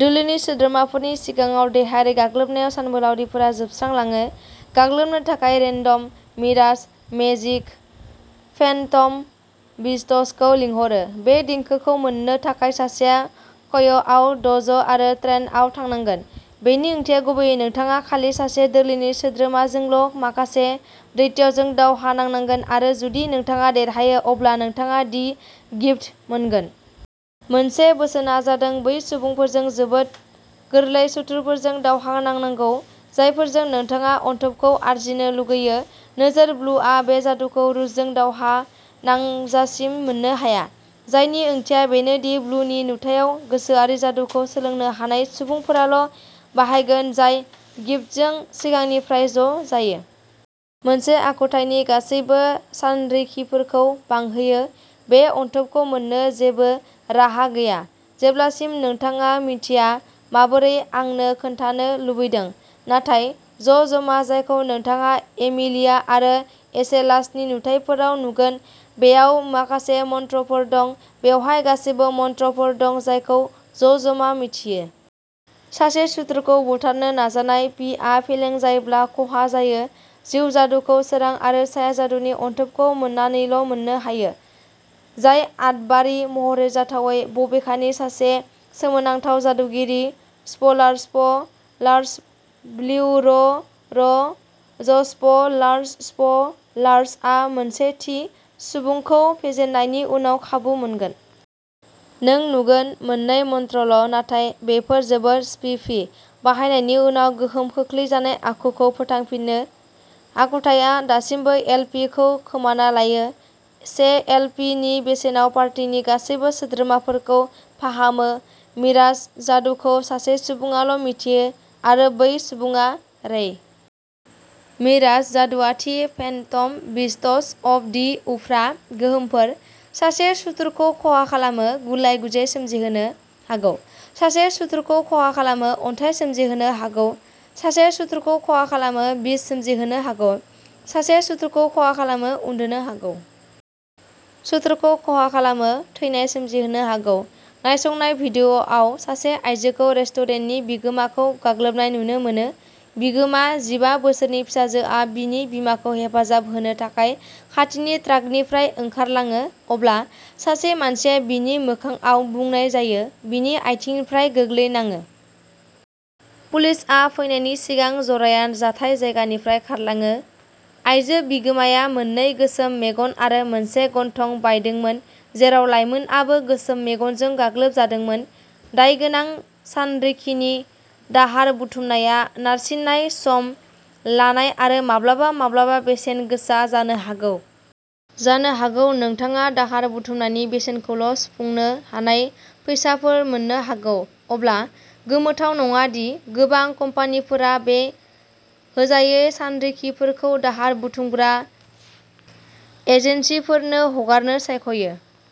दोलोनि सोद्रोमाफोरनि सिगाङाव देहायारि गाग्लोबनायाव सानबोलावरिफोरा जोबस्रांलाङो। गाग्लोबनो थाखाय रेन्डम मिराज मेजिक फेन्टम बिस्ट्सखौ लिंहरो। बे देंखोखौ मोन्नो थाखाय सासेया क्य'आव द'ज' आरो "ट्रेन" आव थांनांगोन। बेनि ओंथिया गुबैयै नोंथाङा खालि सासे दोलोनि सोद्रोमाजोंल' माखासे दैत्यजों दावहा नांनांगोन आरो जुदि नोंथाङा देरहायो, अब्ला नोंथाङा "दि गिफ्ट" मोनगोन। मोनसे बोसोनआ जादों बै सुबुंफोरजों जोबोद गोरलै सुथुरफोरजों दावहा नांनांगौ जायफोरजों नोंथाङा अनथोबखौ आरजिनो लुगैयो। नोजोरः ब्लुआ बे जादुखौ रुजजों दावहा नांजासिम मोननो हाया, जायनि ओंथिया बेनो दि ब्लुनि नुथायाव गोसोआरि जादुखौ सोलोंनो हानाय सुबुंफोराल' बाहायगोन जाय गिफ्टजों सिगांनिफ्रायनो ज' जायो। मोनसे आखुथायनि गासैबो सानरिखिफोरखौ बांहोयो। बे अनथोबखौ मोन्नो जेबो राहा गैया, जेब्लासिम नोंथाङा मिन्थिया। माबोरै, आंनो खोन्थानो लुबैदों? नाथाय... ज'ज्मा, जायखौ नोंथाङा एमिलिया आरो एसेलासनि नुथाइफोराव नुगोन, बेयाव माखासे मंत्रफोर दं। बेवहाय गासैबो मंत्रफोर दं जायखौ ज'ज्माआ मिथियो। सासे सुथुरखौ बुथारनो नाजानाय; पि आ फेलें जायोब्ला खहा जायो। जिउ जादुखौ सोरां आरो साया जादुनि अनथोबखौ मोननानैल' मोननो हायो, जाय आदबारि महरै जाथावै। बबेखानि, सासे सोमोनांथाव जादुगिरि स्प'लारस्प'लार्सब्लिउय'र'जस्प'लार्सस्प'लार्स आ मोनसे थि सुबुंखौ फेजेननायनि उनाव खाबु मोनगोन। नों नुगोन। मोननै मंत्रल', नाथाय बेफोर जोबोद "स्पिफि"। बाहायनायनि उनाव गोहोम खोख्लैजानाय आखुखौ फोथांफिनो, आखुथाया दासिमबो एल. पि. खौ खोमाना लायो। से एल. पि. नि बेसेनाव पार्टिनि गासिबो सोद्रोमाफोरखौ फाहामो। मिराज जादुखौ सासे सुबुङाल' मिथियो आरो बै सुबुङा रेइ। मिराज जादुआ थि फेन्टम बिस्ट्स अफ दि उफ्रा गोहोमफोर। सासे सुथुरखौ खहा खालामो, "गुलाय-गुजाय" सोमजिहोनो हागौ। सासे सुथुरखौ खहा खालामो, "अन्थाइ" सोमजिहोनो हागौ। सासे सुथुरखौ खहा खालामो, "बिस" सोमजिहोनो हागौ। सासे सुथुरखौ खहा खालामो, "उन्दुनो" हागौ। सुथुरखौ खहा खालामो, "थैनाय" सोमजिहोनो हागौ। नायसंनाय भिडिअ'आव सासे आयजोखौ रेस्टुरेन्टनि बिगोमाखौ गाग्लोबनाय नुनो मोनो। बिगोमा जिबा बोसोरनि फिसाजोआ बिनि बिमाखौ हेफाजाब होनो थाखाय खाथिनि ट्राकनिफ्राय ओंखारलाङो। अब्ला सासे मानसिया बिनि मोखांआव बुनाय जायो, बिनि आथिंनिफ्राय गोग्लैनाङो। पुलिसआ फैनायनि सिगां जराया जाथाय जायगानिफ्राय खारलाङो। आइजो बिगोमाया मोननै गोसोम मेगन आरो मोनसे गन्थं बायदोंमोन, जेराव लाइमोनआबो गोसोम मेगनजों गाग्लोबजादोंमोन। दायगोनां सानरिखिनि दाहार बुथुमनाया नारसिननाय, सम लानाय आरो माब्लाबा-माब्लाबा बेसेन गोसा जानो हागौ। जानो हागौ, नोंथाङा दाहार बुथुमनायनि बेसेनखौल' सुफुंनो हानाय फैसाफोर मोननो हागौ। अब्ला, गोमोथाव नङा दि गोबां कम्पानिफोरा बे होजायै सानरिखिफोरखौ दाहार बुथुमग्रा एजेन्सिफोरनो हगारनो सायख'यो।